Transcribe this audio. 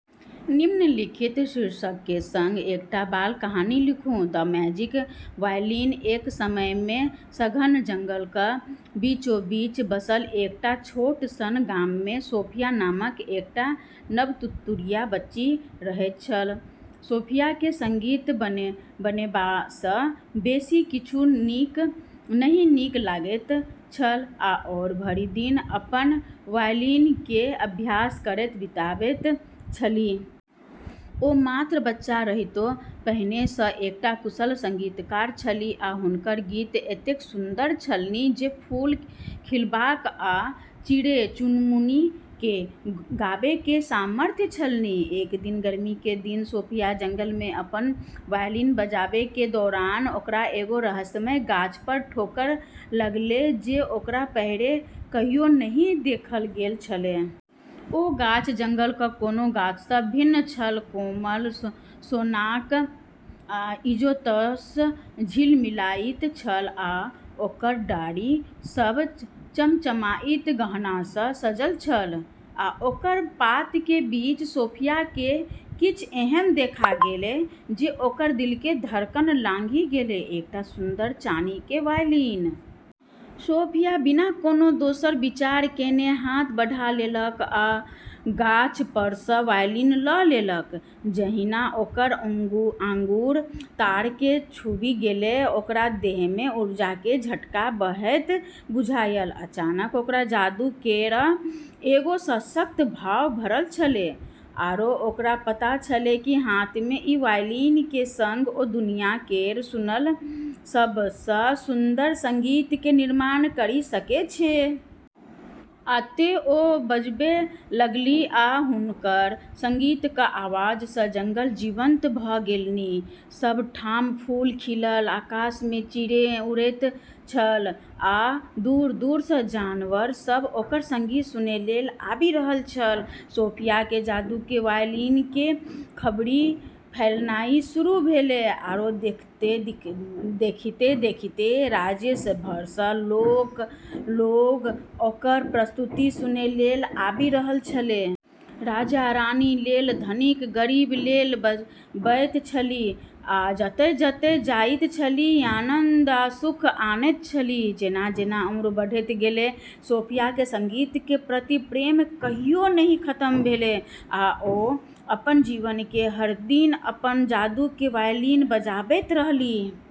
निम्नलिखित शीर्षकके सङ्ग एकटा बाल कहानी लिखु: द मैजिक वायलिन एक समयमे सघन जंगलक बीचोबीच बसल एकटा छोट सन गाममे सोफिया नामक एकटा नवतुरिया बच्ची रहैत छल। सोफियाके संगीत बनेबासँ बेसी किछु नहि नीक लगैत छल, आ ओ भरि दिन अपन वायलिनके अभ्यास करैत बिताबैत छलीह। ओ मात्र बच्चा रहितो पहिनेसँ एकटा कुशल संगीतकार छलीह, आ हुनकर गीत एतेक सुन्दर छलनि जे फूल खिलबाक आ चिड़ै-चुनमुनीकेँ गाबैके सामर्थ्य छलनि। एक दिन गर्मीके दिन सोफिया जंगलमे अपनऽ वायलिन बजाबैके दौरान ओकरा एगो रहस्यमय गाछ पर ठोकर लगलै जे ओकरा पहिने कहियो नहि देखल गेल छलै। ओ गाछ जंगलक कोनो गाछसँ भिन्न छल कोमल, सोनाक इजोतसँ झिलमिलाइत छल आ ओकर डारि सभ चमचमाइत गहनासँ सजल छल। आ ओकर पातके बीच सोफियाके किछ एहन देखा गेलै जे ओकर दिलके धड़कन लंघि गेलै एकटा सुन्दर, चानीके वायलिन। सोफिया बिना कोनो दोसर विचार केने हाथ बढ़ा लेलक आ गाछ परसँ वायलिन ल' लेलक। जहिना ओकर आँगुर तारकेँ छूबि गेलै, ओकरा देहमे ऊर्जाके झटका बहैत बुझायल। अचानक ओकरा जादू केरऽ एगो सशक्त भाव भरल छलै, आरो ओकरा पता छलै कि हाथमे ई वायलिनके सङ्ग ओ दुनिया केर सुनल सबसँ सुंदर संगीतके निर्माण करि सकै छै। आ तें ओ बजबै लगलीह, आ हुनकर संगीतक आवाजसँ जंगल जीवंत भ' गेलनि। सब ठाम फूल खिलल, आकाशमे चिड़ै उड़ैत छल, आ दूर-दूरसँ जानवर सब ओकर संगीत सुनै लेल आबि रहल छल। सोफियाके जादूके वायलिनके खबरि फैलनाइ शुरू भेलै, आरो देखिते - देखिते राज्य भरसँ लोक लोग ओकर प्रस्तुति सुनै लेल आबि रहल छलै। राजा-रानी लेल, धनिक-गरीब लेल बजबैत छलीह आ जतय-जतय जाइत छलीह, आनन्द आ सुख अनैत छलीह। जेना-जेना उम्र बढ़ैत गेलै, सोफियाके संगीतके प्रति प्रेम कहियो नहि खतम भेलै, आ ओ अपन जीवनके हर दिन अपन जादूके वायलिन बजाबैत रहलीह ।